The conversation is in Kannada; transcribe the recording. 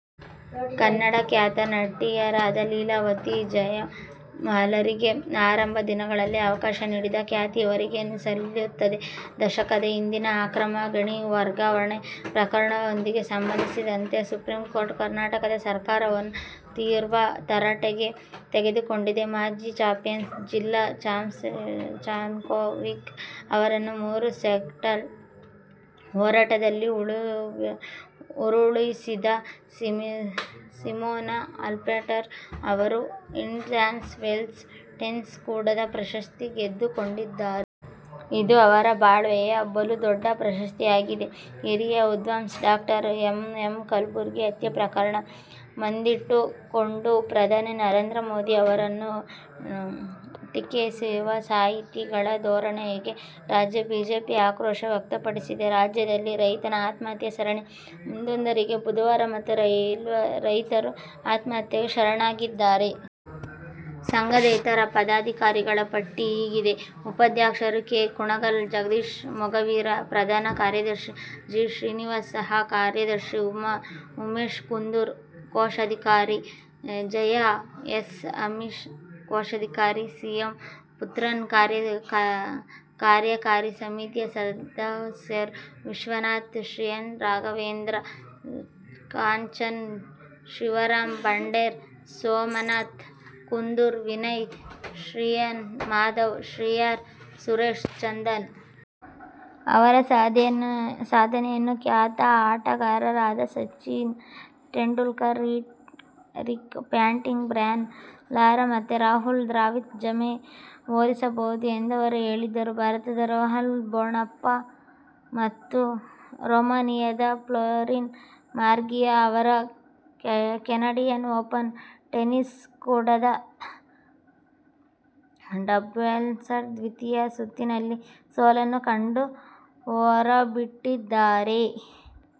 ಕನ್ನಡದ ಖ್ಯಾತ ನಟಿಯರಾದ ಲೀಲಾವತಿ, ಜಯಮಾಲಾರಿಗೆ ಆರಂಭದ ದಿನಗಳಲ್ಲಿ ಅವಕಾಶ ನೀಡಿದ ಖ್ಯಾತಿ ಇವರಿಗೆ ಸಲ್ಲುತ್ತದೆ. ದಶಕದ ಹಿಂದಿನ ಅಕ್ರಮ ಗಣಿ ವರ್ಗಾವಣೆ ಪ್ರಕರಣವೊಂದಕ್ಕೆ ಸಂಬಂಧಿಸಿದಂತೆ ಸುಪ್ರೀಂಕೋರ್ಟ್ ಕರ್ನಾಟಕ ಸರ್ಕಾರವನ್ನು ತೀವ್ರ ತರಾಟೆಗೆ ತೆಗೆದುಕೊಂಡಿದೆ. ಮಾಜಿ ಚಾಂಪಿಯನ್ ಜೆಲೆನಾ ಜಾನ್ಕೋವಿಕ್ ಅವರನ್ನು ಮೂರು ಸೆಟ್ಗಳ ಹೋರಾಟದಲ್ಲಿ ಉರುಳಿಸಿದ ಸಿಮೋನಾ ಹಾಲೆಪ್ ಅವರು ಇಂಡಿಯನ್ಸ್ ವೇಲ್ಸ್ ಟೆನಿಸ್ ಕೂಟದ ಪ್ರಶಸ್ತಿ ಗೆದ್ದುಕೊಂಡಿದ್ದಾರೆ. ಇದು ಅವರ ಬಾಳ್ವೆಯ ಬಲುದೊಡ್ಡ ಪ್ರಶಸ್ತಿಯಾಗಿದೆ. ಹಿರಿಯ ವಿದ್ವಾಂಸ ಡಾ ಎಂ. ಎಂ. ಕಲ್ಬುರ್ಗಿ ಹತ್ಯೆ ಪ್ರಕರಣ ಮುಂದಿಟ್ಟುಕೊಂಡು ಪ್ರಧಾನಿ ನರೇಂದ್ರ ಮೋದಿ ಅವರನ್ನು ಟೀಕಿಸುವ ಸಾಹಿತಿಗಳ ಧೋರಣೆಗೆ ರಾಜ್ಯ ಬಿಜೆಪಿ ಆಕ್ರೋಶ ವ್ಯಕ್ತಪಡಿಸಿದೆ. ರಾಜ್ಯದಲ್ಲಿ ರೈತರ ಆತ್ಮಹತ್ಯೆ ಸರಣಿ ಮುಂದುವರಿದಿದ್ದು, ಬುಧವಾರ ಮತ್ತೆ ರೈತರು ಆತ್ಮಹತ್ಯೆಗೆ ಶರಣಾಗಿದ್ದಾರೆ. ಸಂಘದ ಇತರ ಪದಾಧಿಕಾರಿಗಳ ಪಟ್ಟಿ ಹೀಗಿದೆ: ಉಪಾಧ್ಯಕ್ಷರು ಕೆ. ಗುಣಕರ್, ಜಗದೀಶ್ ಮೊಗವೀರ, ಪ್ರಧಾನ ಕಾರ್ಯದರ್ಶಿ- ಜಿ. ಶ್ರೀನಿವಾಸ್, ಸಹ ಕಾರ್ಯದರ್ಶಿ-ಉಮೇಶ್ ಕುಂದರ್, ಕೋಶಾಧಿಕಾರಿ-ಜಯಾ ಎಸ್ ಅಮೀನ್, ಸಹ ಕೋಶಾಧಿಕಾರಿ- ಸಿ. ವೈ. ಪುತ್ರನ್. ಕಾರ್ಯಕಾರಿ ಸಮಿತಿಯ ಸದಸ್ಯರು- ವಿಶ್ವನಾಥ್ ಶ್ರೀಯಾನ್, ರಾಘವೇಂದ್ರ ಕಾಂಚನ್, ಶಿವರಾಮ ಬಂಗೇರ, ಸೋಮನಾಥ್ ಕುಂದರ್, ವಿನಯ್ ಶ್ರೀಯಾನ್, ಮಾಧವ ಶ್ರೀಯಾನ್, ಸುರೇಶ್ ಚಂದನ್. ಅವರ ಸಾಧನೆಯನ್ನು ಖ್ಯಾತ ಆಟಗಾರರಾದ Sachin Tendulkar, Ricky Ponting, Brian Lara ಮತ್ತೆ ರಾಹುಲ್ ದ್ರಾವಿಡ್ ಜತೆ ಹೋಲಿಸಬಹುದು ಎಂದವರು ಹೇಳಿದರು. ಭಾರತದ ರೋಹನ್ ಬೋಪಣ್ಣ ಮತ್ತು ರೊಮಾನಿಯಾದ ಫ್ಲೋರಿನ್ ಮರ್ಗಿಯ ಅವರು ಕೆನಡಿಯನ್ ಓಪನ್ ಟೆನಿಸ್ ಕೂಟದ ಡಬಲ್ಸ್ನ ದ್ವಿತೀಯ ಸುತ್ತಿನಲ್ಲಿ ಸೋಲನ್ನು ಕಂಡು ಹೊರಬಿದ್ದಿದ್ದಾರೆ.